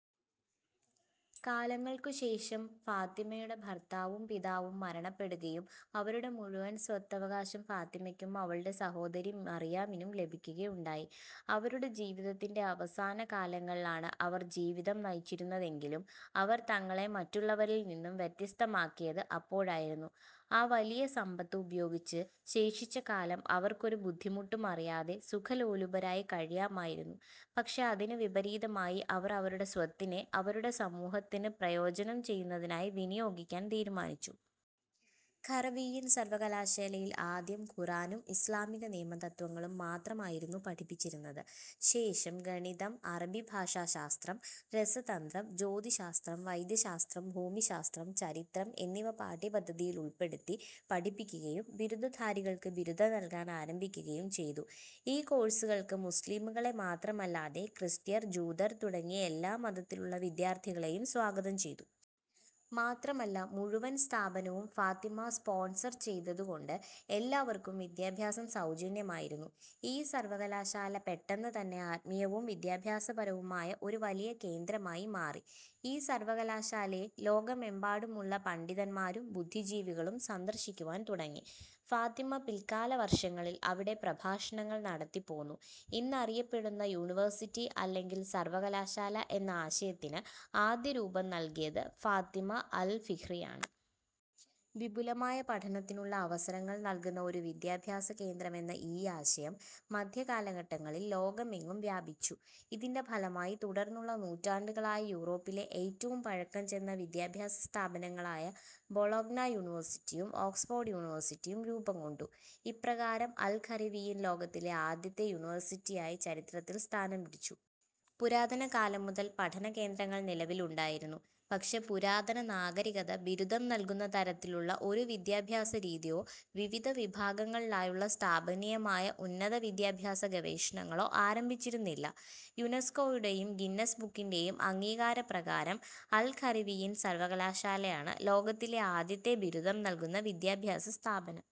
കാലങ്ങൾക്കു ശേഷം ഫാത്തിമ്മയുടെ ഭർത്താവും പിതാവും മരണപ്പെടുകയും അവരുടെ മുഴുവൻ സ്വത്തവകാശം ഫാത്തിമ്മക്കും അവളുടെ സഹോദരി മറിയമിനും ലഭിക്കുകയുണ്ടായി. അവരുടെ ജീവിതത്തിന്റെ അവസാന കാലങ്ങളിലാണ് അവർ ജീവിതം നയിച്ചിരുന്നതെങ്കിലും അവർ തങ്ങളെ മറ്റുള്ളവരിൽ നിന്നും വ്യത്യസ്തമാക്കിയത് അപ്പോഴായിരുന്നു. ആ വലിയ സമ്പത്ത് ഉപയോഗിച്ച് ശേഷിച്ച കാലം അവർക്ക് ഒരു ബുദ്ധിമുട്ടുമറിയാതെ സുഖലോലുപരായി കഴിയാമായിരുന്നു പക്ഷെ അതിനു വിപരീതമായി അവർ അവരുടെ സ്വത്തിനെ അവരുടെ സമൂഹത്തിന് പ്രയോജനം ചെയ്യുന്നതിനായി വിനിയോഗിക്കാൻ തീരുമാനിച്ചു. ഖറവിയ്യിൻ സർവ്വകലാശാലയിൽ ആദ്യം ഖുർആനും ഇസ്ലാമിക നിയമ തത്വങ്ങളും മാത്രമായിരുന്നു പഠിപ്പിച്ചിരുന്നത്. ശേഷം ഗണിതം, അറബി ഭാഷാ ശാസ്ത്രം, രസതന്ത്രം, ജ്യോതിശാസ്ത്രം, വൈദ്യശാസ്ത്രം, ഭൂമിശാസ്ത്രം, ചരിത്രം എന്നിവ പാഠ്യപദ്ധതിയിൽ ഉൾപ്പെടുത്തി പഠിപ്പിക്കുകയും ബിരുദധാരികൾക്ക് ബിരുദം നൽകാൻ ആരംഭിക്കുകയും ചെയ്തു. ഈ കോഴ്സുകൾക്ക് മുസ്ലിമുകളെ മാത്രമല്ലാതെ ക്രിസ്ത്യർ, ജൂതർ തുടങ്ങി എല്ലാ മതത്തിലുള്ള വിദ്യാർത്ഥികളെയും സ്വാഗതം ചെയ്തു. മാത്രമല്ല മുഴുവൻ സ്ഥാപനവും ഫാത്തിമ സ്പോൺസർ ചെയ്തതുകൊണ്ട് എല്ലാവർക്കും വിദ്യാഭ്യാസം സൗജന്യമായിരുന്നു. ഈ സർവകലാശാല പെട്ടെന്ന് തന്നെ ആത്മീയവും വിദ്യാഭ്യാസപരവുമായ ഒരു വലിയ കേന്ദ്രമായി മാറി. ഈ സർവകലാശാലയെ ലോകമെമ്പാടുമുള്ള പണ്ഡിതന്മാരും ബുദ്ധിജീവികളും സന്ദർശിക്കുവാൻ തുടങ്ങി. ഫാത്തിമ പിൽക്കാല വർഷങ്ങളിൽ അവിടെ പ്രഭാഷണങ്ങൾ നടത്തിപൊന്നു. ഇന്നറിയപ്പെടുന്ന യൂണിവേഴ്സിറ്റി അല്ലെങ്കിൽ സർവ്വകലാശാല എന്ന ആശയത്തിന് ആദ്യം രൂപം നൽകിയത് ഫാത്തിമ അൽ ഫിഹ്രിയാണ്. വിപുലമായ പഠനത്തിനുള്ള അവസരങ്ങൾ നൽകുന്ന ഒരു വിദ്യാഭ്യാസ കേന്ദ്രമെന്ന ഈ ആശയം മധ്യകാലഘട്ടങ്ങളിൽ ലോകമെങ്ങും വ്യാപിച്ചു. ഇതിന്റെ ഫലമായി തുടർന്നുള്ള നൂറ്റാണ്ടുകളായി യൂറോപ്പിലെ ഏറ്റവും പഴക്കം ചെന്ന വിദ്യാഭ്യാസ സ്ഥാപനങ്ങളായ ബൊളോഗ്ന യൂണിവേഴ്സിറ്റിയും ഓക്സ്ഫോർഡ് യൂണിവേഴ്സിറ്റിയും രൂപം കൊണ്ടു. ഇപ്രകാരം അൽ ഖറവിയ്യിൻ ലോകത്തിലെ ആദ്യത്തെ യൂണിവേഴ്സിറ്റിയായി ചരിത്രത്തിൽ സ്ഥാനം പിടിച്ചു. പുരാതന കാലം മുതൽ പഠന കേന്ദ്രങ്ങൾ നിലവിലുണ്ടായിരുന്നു, പക്ഷെ പുരാതന നാഗരികത ബിരുദം നൽകുന്ന തരത്തിലുള്ള ഒരു വിദ്യാഭ്യാസ രീതിയോ വിവിധ വിഭാഗങ്ങളിലായുള്ള സ്ഥാപനീയമായ ഉന്നത വിദ്യാഭ്യാസ ഗവേഷണങ്ങളോ ആരംഭിച്ചിരുന്നില്ല. യുനെസ്കോയുടെയും ഗിന്നസ് ബുക്കിന്റെയും അംഗീകാര പ്രകാരം അൽ ഖറവിയ്യിൻ സർവകലാശാലയാണ് ലോകത്തിലെ ആദ്യത്തെ ബിരുദം നൽകുന്ന വിദ്യാഭ്യാസ സ്ഥാപനം.